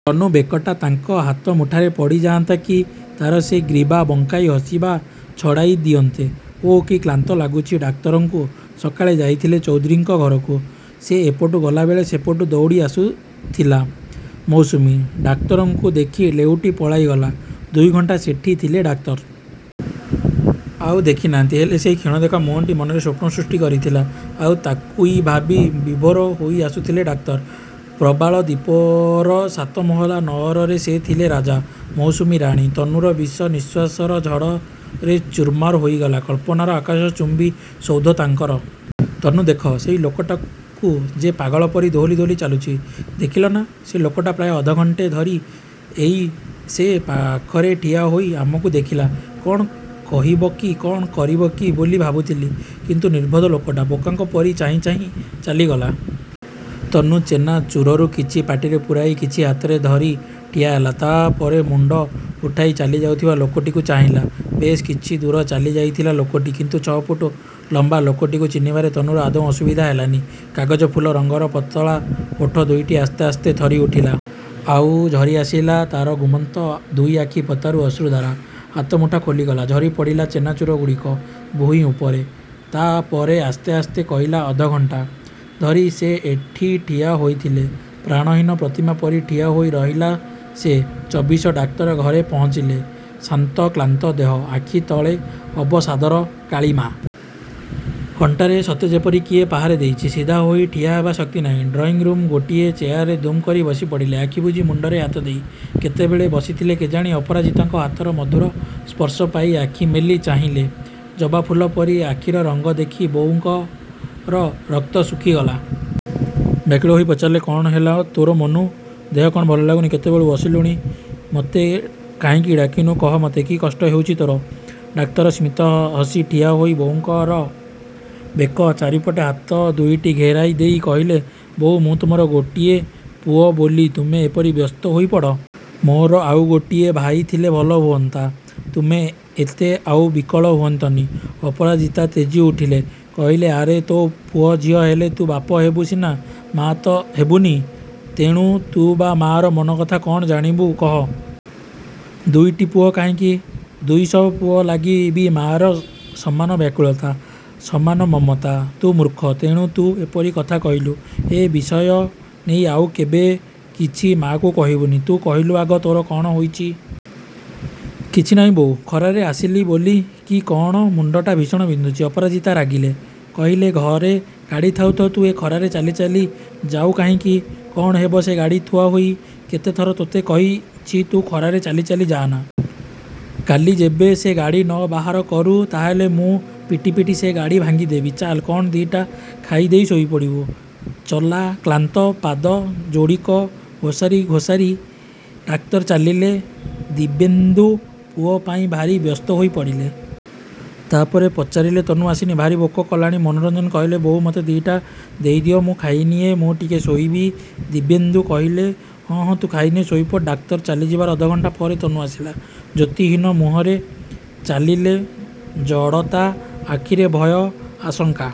ତନୁ ବେକଟା ତାଙ୍କ ହାତମୁଠାରେ ପଡ଼ିଯାଆନ୍ତା କି ତା'ର ସେ ଗ୍ରୀବା ବଙ୍କାଇ ହସିବା ଛଡ଼ାଇ ଦିଅନ୍ତେ। ଓଃ, କି କ୍ଳାନ୍ତ ଲାଗୁଛି ଡାକ୍ତରଙ୍କୁ। ସକାଳେ ଯାଇଥିଲେ ଚୌଧୁରୀଙ୍କ ଘରକୁ। ସେ ଏପଟୁ ଗଲାବେଳେ ସେପଟୁ ଦଉଡ଼ିଆସୁଥିଲା ମୌସୁମୀ। ଡାକ୍ତରଙ୍କୁ ଦେଖି ଲେଉଟି ପଳାଇଗଲା। ଦୁଇଘଣ୍ଟା ସେଠି ଥିଲେ ଡାକ୍ତର। ଆଉ ଦେଖିନାହାନ୍ତି। ହେଲେ ସେହି କ୍ଷଣଦେଖା ମୁହଁଟି ମନରେ ସ୍ୱପ୍ନ ସୃଷ୍ଟି କରିଥିଲା। ଆଉ ତାକୁଇ ଭାବି ବିଭୋର ହୋଇଆସୁଥିଲେ ଡାକ୍ତର। ପ୍ରବାଳ ଦ୍ୱୀପର ସାତମହଲା ନଅରରେ ସେ ଥିଲେ ରାଜା, ମୌସୁମୀ ରାଣୀ। ତନୁର ବିଷ ନିଃଶ୍ୱାସର ଝଡ଼ରେ ଚୁର୍ମାର ହୋଇଗଲା କଳ୍ପନାର ଆକାଶଚୁମ୍ୱୀ ସୌଧ ତାଙ୍କର। –ତନୁ ଦେଖ, ସେହି ଲୋକଟାକୁ ଯେ ପାଗଳ ପରି ଦୋହଲି ଦୋହଲି ଚାଲୁଛି। ଦେଖିଲ ନା। ସେ ଲୋକଟା ପ୍ରାୟ ଅଧଘଣ୍ଟେ ଧରି ଏଇ ସେ ପାଖରେ ଠିଆ ହୋଇ ଆମକୁ ଦେଖିଲା। କ'ଣ କହିବକି କ'ଣ କରିବକି ବୋଲି ଭାବୁଥିଲି। କିନ୍ତୁ ନିର୍ବୋଧ ଲୋକଟା, ବୋକାଙ୍କ ପରି ଚାହିଁଚାହିଁ ଚାଲିଗଲା। ତନୁ ଚେନାଚୁରରୁ କିଛି ପାଟିରେ ପୂରାଇ କିଛି ହାତରେ ଧରି ଠିଆହେଲା। ତା' ପରେ ମୁଣ୍ଡ ଉଠାଇ ଚାଲିଯାଉଥିବା ଲୋକଟିକୁ ଚାହିଁଲା। ବେଶ୍ କିଛି ଦୂର ଚାଲିଯାଇଥିଲା ଲୋକଟି। କିନ୍ତୁ ଛଅଫୁଟ ଲମ୍ୱା ଲୋକଟିକୁ ଚିହ୍ନିବାରେ ତନୁର ଆଦୌ ଅସୁବିଧା ହେଲାନି। କାଗଜ ଫୁଲ ରଙ୍ଗର ପତଳା ଓଠ ଦୁଇଟି ଆସ୍ତେ ଆସ୍ତେ ଥରିଉଠିଲା। ଆଉ, ଝରିଆସିଲା ତା'ର ଘୁମନ୍ତ ଦୁଇଆଖି ପତାରୁ ଅଶ୍ରୁଧାରା। ହାତମୁଠା ଖୋଲିଗଲା। ଝରିପଡ଼ିଲା ଚେନାଚୁରଗୁଡ଼ିକ ଭୂଇଁ ଉପରେ। ତାପରେ ଆସ୍ତେ ଆସ୍ତେ କହିଲା–ଅଧଘଣ୍ଟା ଧରି ସେ ଏଠି ଠିଆ ହୋଇଥିଲେ? ପ୍ରାଣହୀନ ପ୍ରତିମା ପରି ଠିଆହୋଇ ରହିଲା ସେ। ଚବିଶ ଡାକ୍ତର ଘରେ ପହଞ୍ଚିଲେ। ଶ୍ରାନ୍ତ କ୍ଳାନ୍ତ ଦେହ, ଆଖିତଳେ ଅବସାଦର କାଳିମା। ଅଣ୍ଟାରେ ସତେଯେପରି କିଏ ପାହାରେ ଦେଇଛି। ସିଧା ହୋଇ ଠିଆହେବା ଶକ୍ତି ନାହିଁ। ଡ୍ରଇଂରୁମ୍ର ଗୋଟିଏ ଚେୟାରରେ ଦୁମ୍ କରି ବସିପଡ଼ିଲେ ଆଖିବୁଜି ମୁଣ୍ଡରେ ହାତଦେଇ। କେତେବେଳେ ବସିଥିଲେ କେଜାଣି ଅପରାଜିତାଙ୍କ ହାତର ମଧୁର ସ୍ପର୍ଶ ପାଇ ଆଖି ମେଲି ଚାହିଁଲେ। ଜବା ଫୁଲ ପରି ଆଖିର ରଙ୍ଗ ଦେଖି ବୋଉଙ୍କର ରକ୍ତ ଶୁଖିଗଲା। ବ୍ୟାକୁଳ ହୋଇ ପଚାରିଲେ–କ'ଣ ହେଲା ତୋର ମନୁ? ଦେହ କ'ଣ ଭଲଲାଗୁନି? କେତେବେଳୁ ବସିଲୁଣି? ମତେ କାହିଁକି ଡାକିନୁ? କହ ମତେ, କି କଷ୍ଟ ହେଉଛି ତୋର? ଡାକ୍ତର ସ୍ମିତ ହସି ଠିଆହୋଇ ବୋଉଙ୍କର ବେକ ଚାରିପଟେ ହାତ ଦୁଇଟି ଘେରାଇ ଦେଇ କହିଲେ–ବୋଉ, ମୁଁ ତୁମର ଗୋଟିଏ ପୁଅ ବୋଲି ତୁମେ ଏପରି ବ୍ୟସ୍ତ ହୋଇପଡ଼। ମୋର ଆଉ ଗୋଟିଏ ଭାଇ ଥିଲେ ଭଲହୁଅନ୍ତା। ତୁମେ ଏତେ ଆଉ ବିକଳ ହୁଅନ୍ତନି। ଅପରାଜିତା ତେଜିଉଠିଲେ। କହିଲେ–ଆରେ ତୋ ପୁଅ ଝିଅ ହେଲେ ତୁ ବାପ ହେବୁ ସିନା, ମାଆ ତ ହେବୁନି। ତେଣୁ ତୁ ବା ମା' ମନକଥା କ'ଣ ଜାଣିବୁ କହ? ଦୁଇଟି ପୁଅ କାହିଁକି, ଦୁଇଶହ ପୁଅ ଲାଗି ବି ମାଆର ସମାନ ବ୍ୟାକୁଳତା, ସମାନ ମମତା। ତୁ ମୂର୍ଖ,। ତେଣୁ ତୁ ଏପରି କଥା କହିଲୁ। ଏ ବିଷୟ ନେଇ ଆଉ କେବେ କିଛି ମାଆକୁ କହିବୁନି। ତୁ କହିଲୁ ଆଗ ତୋର କ'ଣ ହୋଇଛି? –କିଛି ନାଇଁ ବୋଉ। ଖରାରେ ଆସିଲି ବୋଲି କି କ'ଣ ମୁଣ୍ଡଟା ଭୀଷଣ ବିନ୍ଧୁଛି। ଅପରାଜିତା ରାଗିଲେ। କହିଲେ–ଘରେ ଗାଡ଼ି ଥାଉ ଥାଉ ତୁ ଏଇ ଖରାରେ ଚାଲି ଚାଲି ଯାଉ କାହିଁକି? କ'ଣ ହେବ ସେ ଗାଡ଼ି ଥୁଆହୋଇ? କେତେଥର ତୋତେ କହିଛି ତୁ ଖରାରେ ଚାଲି ଚାଲି ଯାଆନା। କାଲି ଯେବେ ସେ ଗାଡ଼ି ନ ବାହାର କରୁ ତାହାହେଲେ ମୁଁ ପିଟି ପିଟି ସେ ଗାଡ଼ି ଭାଙ୍ଗିଦେବି। ଚାଲ୍ କ'ଣ ଦିଇଟା ଖାଇଦେଇ ଶୋଇପଡ଼ିବୁ। –ଚାଲ। କ୍ଳାନ୍ତ ପାଦ ଯୋଡ଼ିକ ଘୋସାରି ଘୋସାରି ଡାକ୍ତର ଚାଲିଗଲେ। ଦିବ୍ୟେନ୍ଦୁ ପୁଅ ପାଇଁ ଭାରି ବ୍ୟସ୍ତ ହୋଇପଡ଼ିଲେ। ତାପରେ ପଚାରିଲେ ତନୁ... ଆସିନି? ଭାରି ଭୋକ କଲାଣି। ମନୋରଞ୍ଜନ କହିଲେ–ବୋଉ ମୋତେ ଦିଇଟା ଦେଇଦିଅ। ମୁଁ ଖାଇନିଏ। ମୁଁ ଟିକେ ଶୋଇବି। ଦିବ୍ୟେନ୍ଦୁ କହିଲେ–ହଁ ହଁ, ତୁ ଖାଇନେଇ ଶୋଇପଡ଼। ଡାକ୍ତର ଚାଲିଯିବାର ଅଧଘଣ୍ଟା ପରେ ତନୁ ଆସିଲା। ଜ୍ୟୋତିହୀନ ମୁହଁ, ଚାଲିରେ ଜଡ଼ତା, ଆଖିରେ ଭୟ, ଆଶଙ୍କା।